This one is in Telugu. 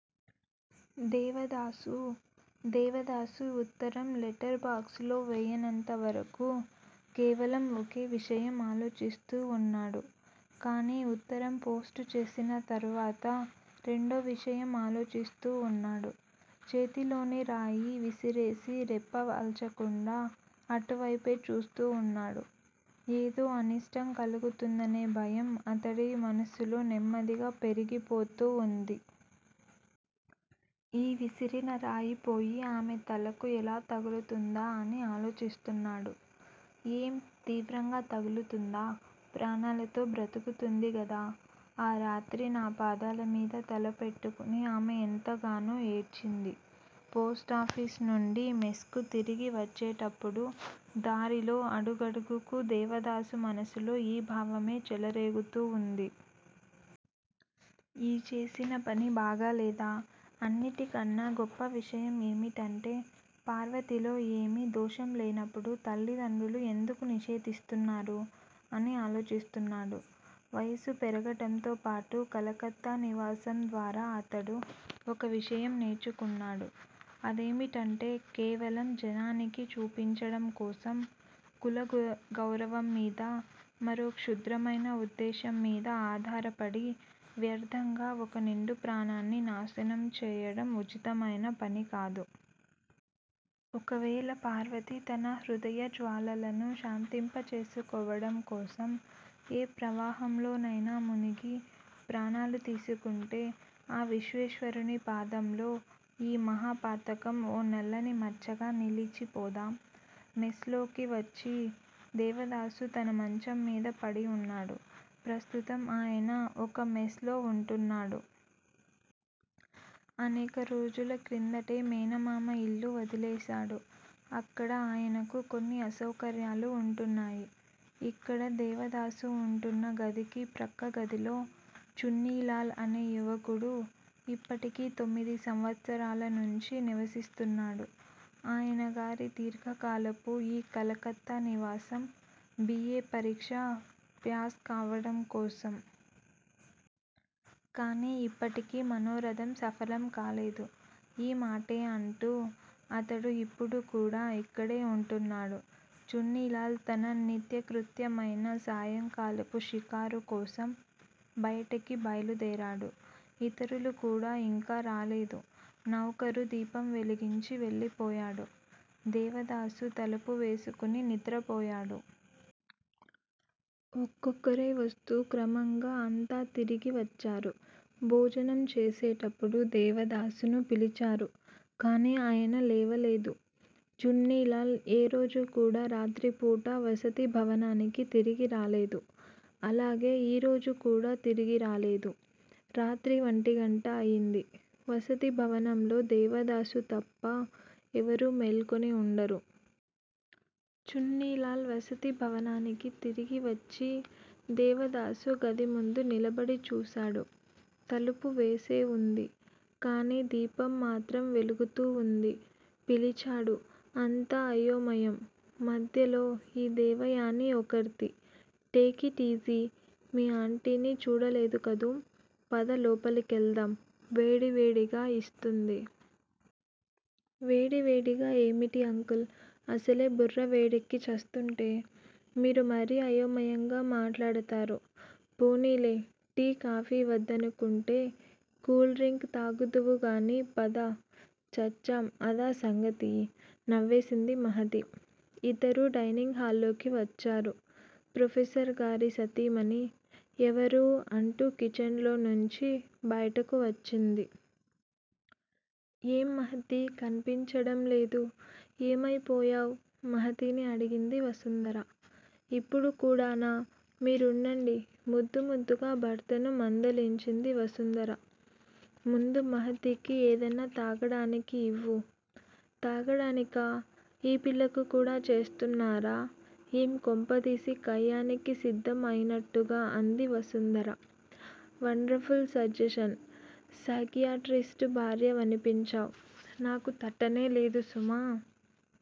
దేవదాసు దేవదాసు ఉత్తరం లెటర్ బాక్స్ లో వేయనంతవరకూ కేవలం ఒకే విషయం ఆలోచిస్తూ వున్నాడు. కాని ఉత్తరం పోస్ట్ చేసిన తరువాత రెండో విషయం ఆలోచిస్తూ వున్నాడు. చేతిలోని రాయి విసిరేసి రెప్ప వాల్చకుండా అటువైపే చూస్తూ వున్నాడు. ఏదో అనిష్టం కలుగుతుందనే భయం అతడి మనసులో నెమ్మదిగా పెరిగిపోతూ వుంది. యీ విసిరినరాయి పోయి ఆమె తలకు ఎలా తగులుతుందా అని ఆలోచిస్తున్నాడు. ఏం, తీవ్రంగా తగులుతుందా? ప్రాణాలతో బ్రతుకుతుంది గదా? ఆ రాత్రి నా పాదాలమీద తల పెట్టుకుని ఆమె ఎంతగానో యేడ్చింది. పోస్ట్ ఆఫీస్ నుండి మెస్ కు తిరిగి వచ్చేటప్పుడు దారిలో అడుగడుగుకూ దేవదాసు మనసులో యీ భావమే చెలరేగుతూ వుంది. యీ చేసిన పని బాగాలేదా? అన్నిటి కన్నా, గొప్ప విషయం ఏమిటంటే పార్వతిలో ఏమీ దోషం లేనప్పుడు తల్లిదండ్రులు ఎందుకు నిషేధిస్తున్నారు? అని ఆలోచిస్తున్నాడు. వయసు పెరగడంతో పాటు కలకత్తా నివాసం ద్వారా అతడు ఒక విషయం నేర్చుకున్నాడు. అదేమిటంటే కేవలం జనానికి చూపించడం కోసం కుల గౌరవం మీద, మరో క్షుద్రమైన ఉద్దేశ్యం మీద ఆధారపడి వ్యర్ధంగా ఒక నిండు ప్రాణాన్ని నాశనం చేయడం ఉచితమైన పనికాదు. ఒకవేళ పార్వతి తన హృదయ జ్వాలలను శాంతింపచేసుకోవడం కోసం ఏ ప్రవాహంలోనైనా మునిగి ప్రాణాలు తీసుకుంటే ఆ విశ్వేశ్వరుని పాదంలో ఈ మహాపాతకం ఓ నల్లని మచ్చగా నిలిచిపోదా? మెస్ లోకి వచ్చి దేవదాసు తన మంచంమీద పడివున్నాడు. ప్రస్తుతం ఆయన ఒక మెస్ లో వుంటున్నాడు. అనేక రోజుల క్రిందటే మేనమామ ఇల్లు వదిలేశాడు అక్కడ ఆయనకు కొన్ని అసౌకర్యాలు వుంటున్నాయి. ఇక్కడ దేవదాసు వుంటున్న గదికి ప్రక్కగదిలో చున్నీలాల్ అనే యువకుడు ఇప్పటికి తొమ్మిది సంవత్సరాల నుంచి నివసిస్తున్నాడు. ఆయనగారి దీర్ఘకాలపు ఈ కలకత్తా నివాసం బి. ఏ. పరీక్ష ప్యాస్ కావడం కోసం. కాని ఇప్పటికీ మనోరధం సఫలం కాలేదు. ఈ మాటే అంటూ అతడు ఇప్పుడుకూడా ఇక్కడే వుంటున్నాడు. చున్నీలాల్ తన నిత్యకృత్య మైన సాయంకాలపు షికారు కోసం బయటికి బయలుదేరాడు. ఇతరులు కూడా ఇంకా రాలేదు. నౌకరు దీపం వెలిగించి వెళ్ళిపోయాడు. దేవదాసు తలుపు వేసుకుని నిద్రపోయాడు. ఒక్కొక్కరే వస్తూ క్రమంగా అంతా తిరిగి వచ్చారు. భోజనం చేసేటప్పుడు దేవదాసును పిలిచారు. కాని ఆయన లేవలేదు. చున్నీలాల్ ఏ రోజు కూడా రాత్రిపూట వసతి భవనానికి తిరిగి రాలేదు. అలాగే ఈ రోజు కూడా తిరిగి రాలేదు. రాత్రి ఒంటిగంట అయింది. వసతి భవనంలో దేవదాసు తప్ప ఎవరూ మేల్కొని వుండరు. చున్నీలాల్ వసతి భవనానికి తిరిగి వచ్చి దేవదాసు గది ముందు నిలబడి చూశాడు. తలుపు వేసేవుంది. కాని దీపం మాత్రం వెలుగుతూ వుంది. పిలిచాడు అంతా అయోమయం మధ్యలో ఈ దేవయాని ఒకర్తి టేకిట్ ఈజీ! మీ ఆంటీని చూడలేదుకదూ? పద లోపలికెళ్దాం- వేడివేడిగా ఇస్తుంది. వేడివేడిగా ఏమిటి అంకుల్? అసలే బుర్రవేడెక్కి చస్తుంటే. మీరు మరీ అయోమయంగా మాట్లాడతారు. పోనీలే. టీ, కాఫీ వద్దనుకుంటే కూల్ డ్రింక్ తాగుదువుగానిపద చచ్చాం! అదా సంగతి? నవ్వేసింది మహతి. ఇద్దరూ డైనింగు హాల్లోకి వచ్చారు. ప్రొఫెసర్ గారి సతీమణి 'ఎవరూ' అంటూ కిచెన్ లో నుంచి బయటకు వచ్చింది. ఏం మహతీ, కన్పించడం లేదు? ఏమయిపోయావ్ మహతిని అడిగింది వసుంధర. ఇప్పుడు కూడానా మీరుండండి ముద్దుముద్దుగా భర్తను మందలించింది వసుంధర. ముందు మహతికి ఏదన్నా తాగడానికి ఇవు' తాగడానికా? ఈ పిల్లకు కూడా చేస్తున్నారా ఏం కొంపదీసి కయ్యానికి సిద్దం అయినట్టుగా అంది వసుంధర. Wonderful suggestion. సైకియాట్రిస్టు భార్య వనిపించావ్. నాకు తట్టనే లేదుసుమా!